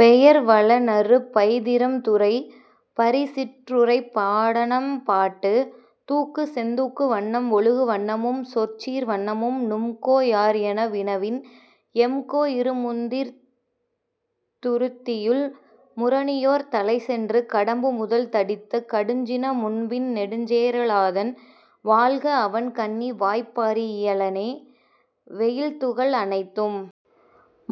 பெயர் வளனறு பைதிரம் துறை பரிசிற்றுறைப் பாடாண்பாட்டு தூக்கு செந்தூக்கு வண்ணம் ஒழுகு வண்ணமும் சொற்சீர் வண்ணமும் நும்கோ யார்என வினவின் எம்கோ இருமுந்நீர்த் துருத்தியுள் முரணியோர்த் தலைச்சென்று கடம்புமுதல் தடிந்த கடுஞ்சின முன்பின் நெடுஞ்சேர லாதன் வாழ்கஅவன் கண்ணி வாய்ப்அறி யலனே வெயில்துகள் அனைத்தும்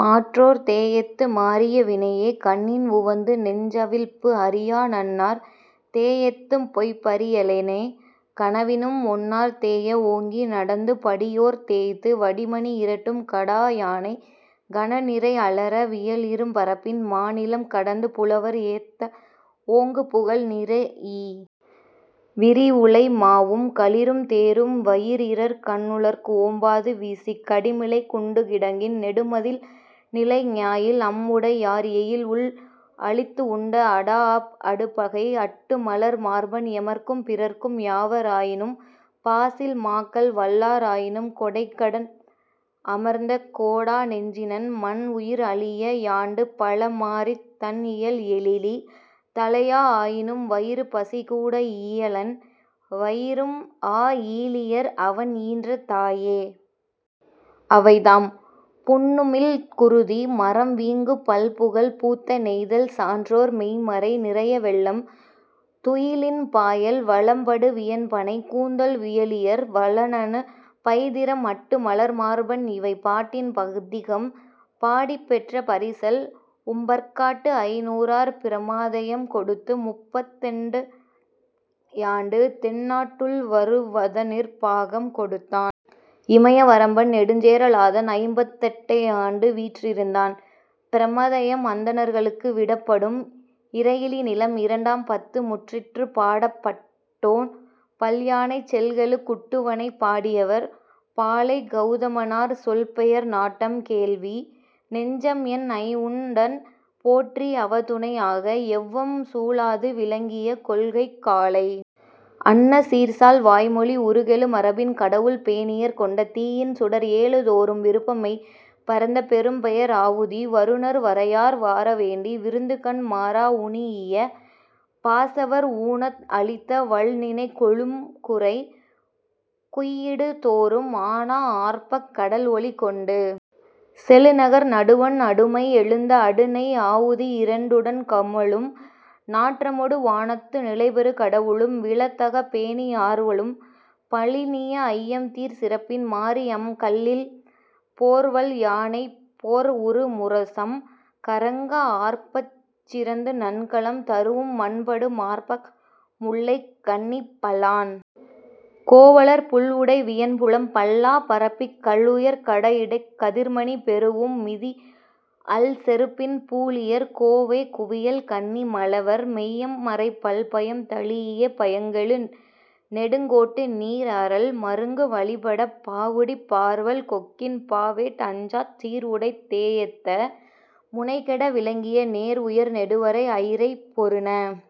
மாற்றோர் தேஎத்து மாறிய வினையே கண்ணின் உவந்து நெஞ்அவிழ்பு அறியா நண்ணார் தேஎத்தும் பொய்ப்அறி யலனே கனவினும், ஒன்னார் தேய ஓங்கி நடந்து படியோர்த் தேய்த்து வடிமணி இரட்டும் கடாஅ யானைக் கணநிரை அலற வியல்இரும் பரப்பின் மாநிலம் கடந்து புலவர் ஏத்த ஓங்குபுகழ் நிறீஇ விரிஉளை மாவும் களிறும் தேரும் வயிரியர் கண்ணுளர்க் ஓம்பாது வீசிக் கடிமிளைக் குண்டுகிடங்கின் நெடுமதில் நிலைஞாயில் அம்உடை யார்எயில் உள்அழித் உண்ட அடாஅ அடுபகை அட்டுமலர் மார்பன் எமர்க்கும் பிறர்க்கும் யாவர் ஆயினும் பாசில் மாக்கள் வல்லார் ஆயினும் கொடைக்கடன் அமர்ந்த கோடா நெஞ்சினன் மன்உயிர் அழிய யாண்டுபல மாறித் தண்இயல் எழிலி தலையா ஆயினும் வயிறுபசி கூர ஈயலன் வயிறும்ஆ இலீயர்அவன் ஈன்ற தாயே. அவைதாம்: புண்ணுமிழ் குருதி, மறம்வீங்கு பல்புகழ், பூத்த நெய்தல், சான்றோர் மெய்ம்மறை, நிரைய வெள்ளம், துயிலின் பாயல், வலம்படுவியன்பணை, கூந்தல் விறலியர், வளனறு பைதிரம், அட்டுமலர்மார்பன் இவை பாட்டின் பதிகம். பாடிப்பெற்ற பரிசில்: உம்பற்காட்டு ஐந்நூறூர் பிரமதாயம் கொடுத்து முப்பத்தெட்டுயாண்டு தென்னாட்டுள் வருவதனிற் பாகம் கொடுத்தான். இமைய வரம்பன் நெடுஞ்சேரலாதன் ஐம்பத்தெட்டுயாண்டு வீற்றிருந்தான். பிரமதாயம் அந்தணர்களுக்கு விடப்படும் இறையிலி நிலம் இரண்டாம் பத்து முற்றிற்று பாடப்பட்டோன்: பல்யானைச் செல்கெழு குட்டுவனைப் பாடியவர்: பாலைக் கெளதமனார் சொல்பெயர் நாட்டம் கேள்வி நெஞ்சம்என் ஐந்உடன் போற்றி அவைதுணை ஆக எவ்வம் சூழாது விளங்கிய கொள்கைக் காலை அன்ன சீர்சால் வாய்மொழி உருகெழு மரபின் கடவுள் பேணியர் கொண்ட தீயின் சுடர்எழு தோறும் விரும்புமெய் பரந்த பெரும்பெயர் ஆவுதி வருநர் வரையார் வார வேண்டி விருந்துகண் மாறா உணீஇய பாசவர் ஊனத் அழித்த வால்நிணக் கொழும்குறை குய்யிடு தோறும் ஆனா ஆர்ப்பக் கடல்ஒலி கொண்டு செழுநகர் நடுவண் அடுமை எழுந்த அடுநெய் ஆவுதி இரண்உடன் கமழும் நாற்றமொடு வானத்து நிலைபெறு கடவுளும் விழைதகப் பேணி ஆர்வளம் பழுனிய ஐயம்தீர் சிறப்பின் மாரிஅம் கள்ளின் போர்வல் யானைப் போர்ப்உறு முரசம் கறங்க ஆர்ப்புச்சிறந்து நன்கலம் தரூஉம் மண்படு மார்ப முல்லைக் கண்ணிப் பல்ஆன் கோவலர் புல்உடை வியன்புலம் பல்ஆ பரப்பிக் கல்உயர் கடத்இடைக் கதிர்மணி பெறூஉம் மிதிஅல் செருப்பின் பூழியர் கோவே குவியல் கண்ணி மழவர் மெய்ம்மறை பல்பயம் தழீஇய பயம்கெழு நெடுங்கோட்டு நீர்அறல் மருங்கு வழிப்படாப் பாகுடிப் பார்வல் கொக்கின் பாவேட் அஞ்சாச் சீர்உடைத் தேஎத்த முனைகெட விலங்கிய நேர்உயர் நெடுவரை அயிரைப் பொருந